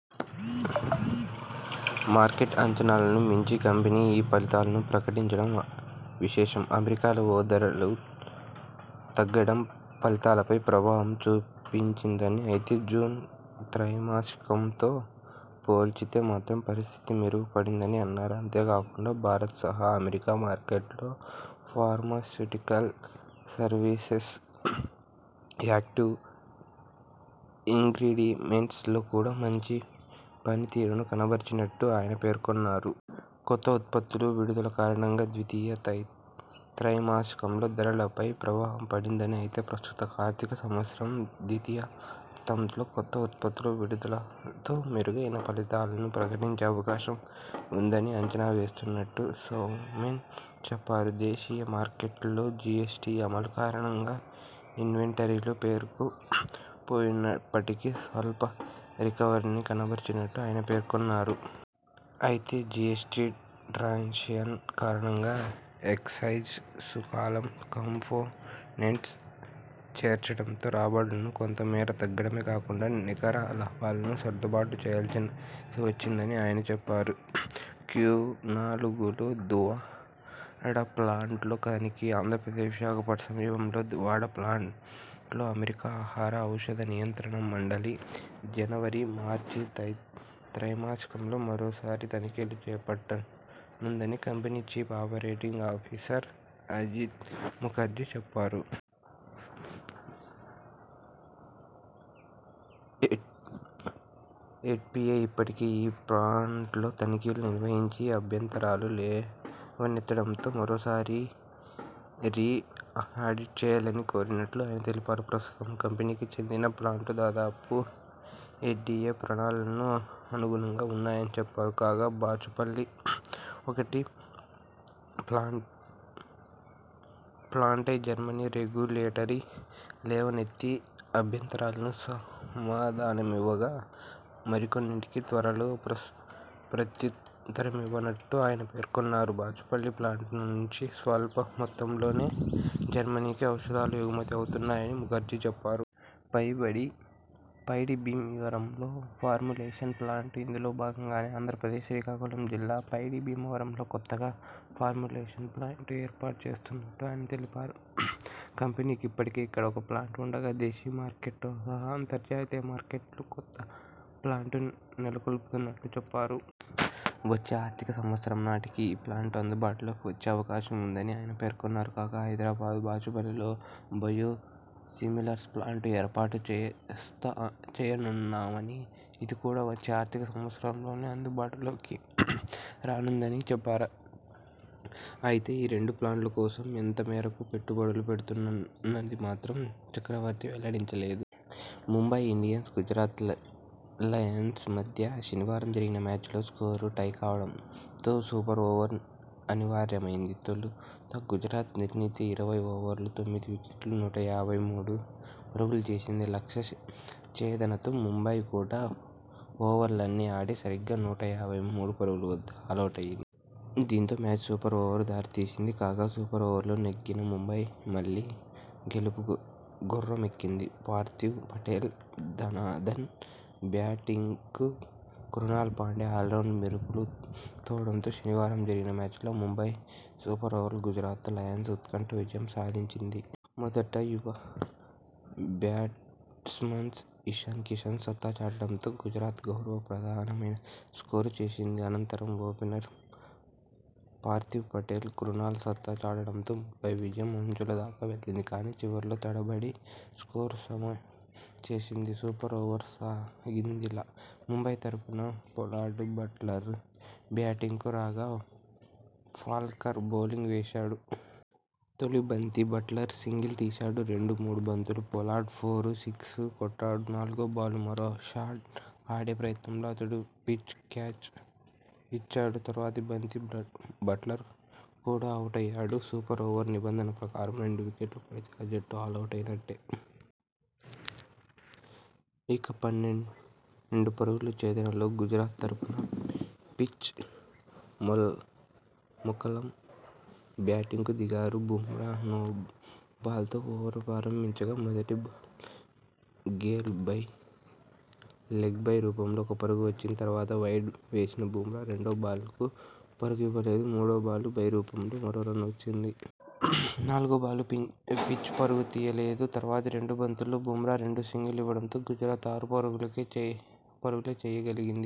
Market అంచనాలను మించి company ఈ ఫలితాలను ప్రకటించటం విశేషం. అమెరికా లో ధరలు తగ్గటం ఫలితాలపై ప్రభావం చూపించిందని అయితే జూన్ త్రైమాసికం తో పోల్చితే మాత్రం పరిస్థితి మెరుగు పడిందని అన్నారు. అంతే కాకుండా భారత్ సహా అమెరికా మార్కెట్లో ఫార్మాస్యుటికల్ సర్వీసెస్, యాక్టివ్ ఇన్గ్రిడియెంట్స్ లో కూడా మంచి పని తీరును కనబరిచినట్లు ఆయన పేర్కొన్నారు. కొత్త ఉత్పత్తుల విడుదల కారణంగా ద్వితీయ త్రైమాసికంలో ధరలపై ప్రభావం పడిందని, అయితే ప్రస్తుత ఆర్థిక సంవత్సరం ద్వితీయార్థం లో కొత్త ఉత్పత్తుల విడుదల తో మెరుగైన ఫలితాలను ప్రకటించే అవకాశం ఉందని అంచనా వేస్తున్నట్లు సౌమెన్ చెప్పారు. దేశీయ మార్కెట్లో జిఎస్టి అమలు కారణంగా ఇన్వెంటరీలు పేరుకు పోయినప్పటికీ స్వల్ప రికవరీని కనబరిచినట్లు ఆయన పేర్కొన్నారు. అయితే జిఎస్టి ట్రాన్సిషన్ కారణంగా ఎక్సైజ్ సుంకాల కాంపోనెంట్ను చేర్చటంతో రాబడులు కొంత మేర తగ్గటమే కాకుండా నికర లాభాలను సర్దుబాటు చేయాల్సి వచ్చిందని ఆయన చెప్పారు. క్యునాలుగులో దువ్వాడ ప్లాంట్లో తనిఖీ, ఆంధ్రప్రదేశ్ విశాఖపట్నం సమీపంలోని దువ్వాడ ప్లాంట్లో అమెరికా ఆహార, ఔషధ నియంత్రణ మండలి జనవరి, మార్చి త్రైమాసికంలో మరో సారి తనిఖీలు చేపట్ట నుందని company chief operating officer Abhijit Mukherjee చెప్పారు. ఎఫ్డిఎ ఇప్పటికే ఈ ప్లాంట్లో తనిఖీలు నిర్వహించి అభ్యంతరాలు లేవనెత్తటంతో మరోసారి రీ ఆడిట్ చేయాలని కోరినట్లు ఆయన తెలిపారు. ప్రస్తుతం కంపెనీకి చెందిన ప్లాంట్లు దాదాపు ఎఫ్డిఎ ప్రమాణాలకు అనుగుణంగా ఉన్నాయని చెప్పారు. కాగా బాచుపల్లి ఒకటి ప్లాంట్పై జర్మనీ రెగ్యు లేటరీ లేవనెత్తిన అభ్యంతరాలకు సమాధానమివ్వగా మరికొన్నింటికి త్వరలో ప్రత్యుత్తరమివ్వనున్నట్లు ఆయన పేర్కొన్నారు, బాచుపల్లి ప్లాంట్ నుంచి స్వల్ప మొత్తంలోనే జర్మనీకి ఔషధాలు ఎగుమతి అవుతున్నాయని ముఖర్జీ చెప్పారు. పైడి భీమవరంలో ఫార్ములేషన్స్ ప్లాంట్.. ఇందులో భాగంగానే ఆంధ్రప్రదేశ్ శ్రీకాకుళం జిల్లా పైడి భీమవరంలో కొత్తగా ఫార్ములేషన్ ప్లాంట్ను ఏర్పాటు చేస్తున్నట్లు ఆయన తెలిపారు. కంపెనీకి ఇప్పటికే ఇక్కడ ఒక ప్లాంట్ ఉండగా దేశీ మార్కెట్ సహా అంతర్జాతీయ మార్కెట్ కోసం కొత్త ప్లాంట్ను నెలకొల్పుతున్నట్లు చెప్పారు. వచ్చే ఆర్థిక సంవత్సరం నాటి కి ఈ ప్లాంట్ అందుబాటులోకి వచ్చే అవకాశం ఉందని ఆయన పేర్కొన్నారు. కాగా హైదరాబాద్, బాచుపల్లిలో బయోసిమిలర్స్ ప్లాంట్ను ఏర్పాటు చేయనున్నామని, ఇది కూడా వచ్చే ఆర్థిక సంవత్సరంలోనే అందుబాటులోకి రానుందని చెప్పారు. అయితే ఈ రెండు ప్లాంట్ల కోసం ఎంత మేరకు పెట్టుబడులు పెట్టనున్నది మాత్రం చక్రవర్తి వెల్లడించలేదు. ముంబై ఇండియన్స్, గుజరాత్ లయన్స్ మధ్య శనివారం జరిగిన మ్యాచ్ లో స్కోర్లు టై కావడంతో సూపర్ ఓవర్ అనివార్య మైంది. తొలుత గుజరాత్ నిర్ణీత ఇరవై ఓవర్లలో తొమ్మిది వికెట్లకు నూట యాభై మూడు పరుగులు చేసింది. లక్ష్య ఛేదనలో ముంబై కూడా ఓవర్లన్నీ ఆడి సరిగ్గా నూట యాభై మూడు పరుగుల వద్ద ఆలౌటైంది. దీంతో మ్యాచ్ సూపర్ ఓవర్కు దారితీసింది. కాగా, సూపర్ ఓవర్లో నెగ్గిన ముంబై మళ్లీ గెలుపు గుర్ర మెక్కింది. పార్థివ్ పటేల్ ధనాధన్ బ్యాటింగ్కు క్రునాల్ పాండ్యా ఆల్రౌండ్ మెరుపులు తోడవడంతో శనివారం జరిగిన మ్యాచ్లో ముంబై సూపర్ ఓవర్లో గుజరాత్ లయన్స్పై ఉత్కంఠ విజయం సాధించింది. మొదట యువ బ్యాట్స్మన్ ఇషాన్ కిషన్ సత్తా చాటడంతో గుజరాత్ గౌరవ ప్రదమైన స్కోరు చేసింది. అనంతరం ఓపెనర్ పార్థివ్ పటేల్ క్రునాల్ సత్తా చాటడంతో ముంబై విజయం అంచుల దాకా వెళ్లింది. కానీ, చివర్లో తడ బడి స్కోరు సమం చేసింది. సూపర్ ఓవర్ సాగిందిలా, ముంబై తరఫున పొలార్డ్, బట్లర్ బ్యాటింగ్కు రాగా, ఫాల్క్నర్ బౌలింగ్ చేశాడు. తొలి బంతికి బట్లర్ సింగిల్ తీశాడు. రెండు, మూడు బంతులకు పొలార్డ్ ఫోర్, సిక్సర్ కొట్టాడు. నాలుగో బాల్కు మరో షాట్ ఆడే ప్రయత్నంలో అతను ఫించ్కు క్యాచ్ ఇచ్చాడు. తర్వాతి బంతికి బట్లర్ కూడా అవుటయ్యాడు. సూపర్ ఓవర్ నిబంధన ప్రకారం రెండు వికెట్లు పడితే ఆ జట్టు ఆలౌటైనట్టే. ఇక, పన్నెండు పరుగుల ఛేదనలో గుజరాత తరఫున ఫించ్, మెకల్లమ్ బ్యాటింగ్కు దిగారు. బుమ్రా నోబాల్తో ఓవర్ ప్రారంభించగా, మొదటి బాల్కు లెగ్ బై రూపంలో ఒక పరుగు వచ్చింది. తర్వాత వైడ్ వేసిన బుమ్రా, రెండో బాల్కు పరుగివ్వ లేదు. మూడో బాల్కు బై రూపంలో మరో రన్ వచ్చింది. నాలుగో బాల్కు ఫించ్ పరుగు తీయలేదు. తర్వాతి రెండు బంతుల్లో బుమ్రా రెండు సింగిల్స్ ఇవ్వడంతో గుజరాత్ ఆరు పరుగులే చేయ గలిగింది.